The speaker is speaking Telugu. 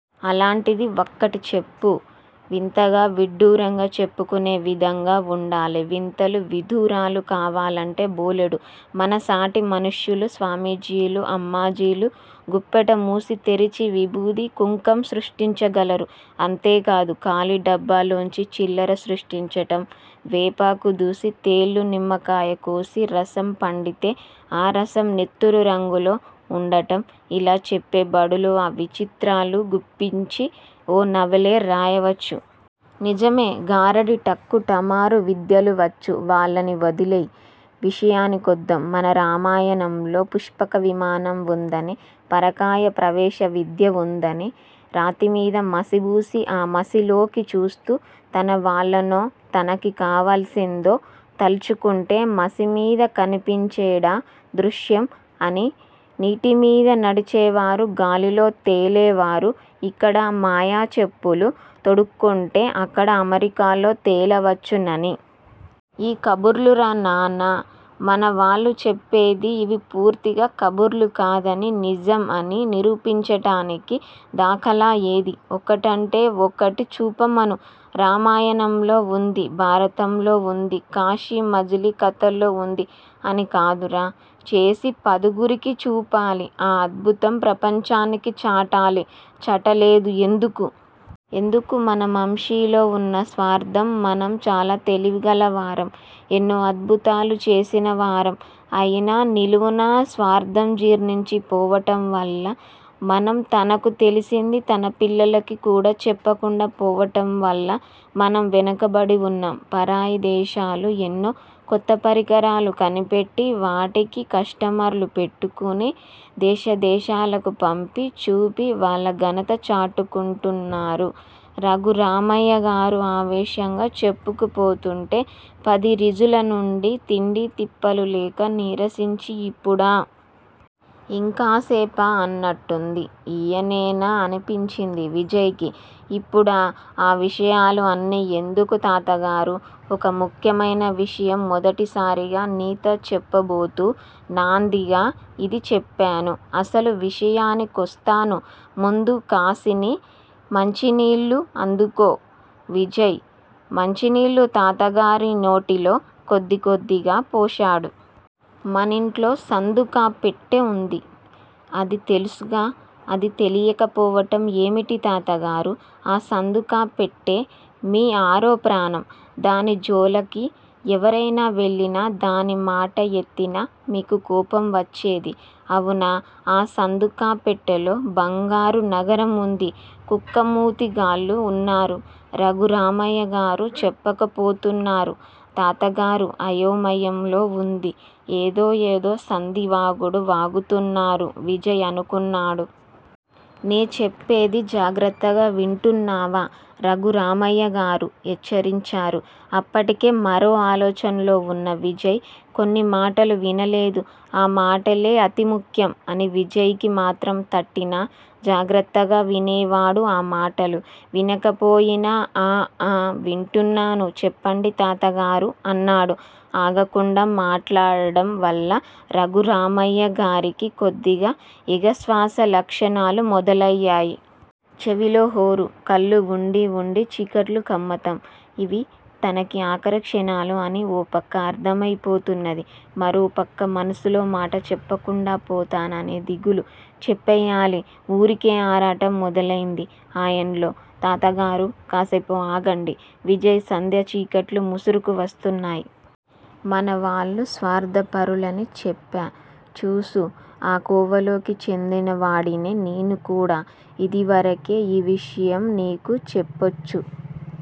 అలాంటిది వక్కటిచెప్పు! వింతగా విడ్డూరంగా చెప్పుకునే విధంగా వుండాలి. వింతలు విదూరాలూ కావాలంటే బోలెడు. మన సాటి మనుష్యులు స్వామీజీలు అమ్మాజీలు గుప్పెట మూసి తెరచి విబూది కుంకంసృష్టించగలరు. అంతేగాదు. ఖాళీ డబ్బాలోంచి చిల్లర సృష్టించటం, వేపాకు దూసి తేళ్ళు నిమ్మకాయ కోసి రసం పండితే ఆ రసం నెత్తురు రంగులో వుండటం ఇలా చెప్పెబడులు ఆ విచిత్రాలు గుప్పించి ఓ నవలే రాయవచ్చు. నిజమే గారడీ టక్కుటమారు విద్యలు వచ్చు. వాళ్ళని వదిలెయ్యి. విషయానికొద్దాం మన రామాయణంలో పుష్పక విమానం వుందని. పరకాయ ప్రవేశ విద్య వుందని రాతిమీద మసిబూసి ఆ మసిలోకి చూస్తూ తన వాళ్ళనో. తనకి కావాల్సిందో తల్చుకుంటే మసి మీద కనిపించేడా దృశ్యం అనీ, నీటి మీద నడిచే వారు గాలిలో తేలేవారు, ఇక్కడ మాయా చెప్పులు తొడుక్కుంటే అక్కడ అమెరికాలో తేలవచ్చుననీ. ఈ కబుర్లురా నాన్నా మన వాళ్ళు చెప్పేది ఇవి పూర్తిగా కబుర్లు కాదని నిజం అని నిరూపించటానికి దాఖలా ఏది? ఒక్కటంటే ఒక్కటి చూపమను! రామాయణంలో వుంది. భారతంలో వుంది. కాశీమజలీ కధల్లో వుంది అని కాదురా చేసి పదుగురికి చూపాలి. ఆ అద్భుతం ప్రపంచానికి చాటాలి చటలేదు ఎందుకు? ఎందుకు? మన మంశిలో వున్న స్వార్దం మనం చాలా తెలివిగల వారం. ఎన్నో అద్భుతాలు చేసిన వారం, అయినా నిలువునా స్వార్దం జీర్ణించి పోవటం వల్ల మనం తనకు తెలిసింది తన పిల్లలకి కూడా చెప్పకుండా పోవటం వల్ల మనం వెనక బడి వున్నాం పరాయిదేశాలు ఎన్నో కొత్తపరికరాలు కనిపెట్టి వాటికి కస్టమర్లు పెట్టుకుని దేశ దేశాలకి పంపి చూపి వాళ్ళ ఘనత చాటు కుంటున్నారు రఘురామయ్యగారు ఆవేశంగా చెప్పుకు పోతుంటే పదిరిజుల నుండి తిండీ తిప్పలూ లేక నీరసించి ఇప్పుడా! ఇంకాసేపా, అన్నట్లు వుంది ఈయేనేనా. అనిపించింది విజయ్ కి. ఇప్పుడా ఆ విషయాలూ అన్ని ఎందుకు తాతగారూ! ఒక ముఖ్యమైన విషయం మొదటిసారిగా నీతో చెప్పబోతూ నాందీగా ఇది చెప్పాను. అసలు విషయానికోస్తాను. ముందు కాసిని మంచినీళ్ళు అందుకో. విజయ్ మంచినీళ్ళు తాతగారి నోటిలో కొద్దికొద్దిగా పోశాడు. మనింట్లో సందూకాపెట్టే వుంది అది తెల్సుగా! అది తెలియక పోవటం ఏమిటి తాతగారూ! ఆ సందూకాపెట్టే మీ ఆరో ప్రాణం. దాని జోలకి ఎవరైనా వెళ్ళినా దానిమాట ఎత్తినా మీకు కోపం వచ్చేది. అవునా, ఆ సందూకాపెట్టేలో బంగారు నగరం వుంది కుక్క మూతిగాళ్ళు వున్నారు రఘురామయ్యగారు చెప్పకు పోతున్నారు 'తాతగారు అయోమయంలోవుంది ఏదో ఏదో సంధి వాగుడు వాగుతున్నారు' విజయ్ అనుకున్నాడు. నేచేప్పేది జాగ్రత్తగా వింటున్నావా? రఘురామయ్యగారు హెచ్చరించారు. అప్పటికే మరో ఆలోచనలోవున్న విజయ్ కొన్ని మాటలు వినలేదు. ఆ మాటలే అతి ముఖ్యం అని విజయ్ కి మాత్రం తట్టినా జాగ్రత్తగా వినేవాడే అ మాటలు వినకపోయినా ఆ ఆ వింటున్నాను చెప్పండి తాతగారూ! అన్నాడు. ఆగకుండా మాట్లడ్డం వల్ల రఘుర్మయ్యగారికి కొద్దిగా ఎగస్వాసలక్షణాలు మొదలయ్యాయి. చెవిలోహొరు. కళ్ళు వుండి వుండి చీకట్లు కమ్మతం. ఇవి తనకి ఆఖరి క్షణాలు అని ఓ పక్క అర్ధమై పోతున్నది. మరోపక్క మనసులో మాట చెప్పకుండా పోతాననే దిగులు. చెప్పెయ్యాలి ఊరికే ఆరాటం మొదలై ది ఆయనలో. 'తాతగారూ! కాసేపు ఆగండి విజయ్ సంధ్య చీకట్లు ముసురుకు వస్తున్నాయ్. మనవాళ్ళు స్వార్దంపరులనిచెప్పా చూసు. ఆ కోవలోకి చెందినవాడినే నేనుకూడా. ఇదివరకే యీ విషయం నీకు చెప్పొచ్చు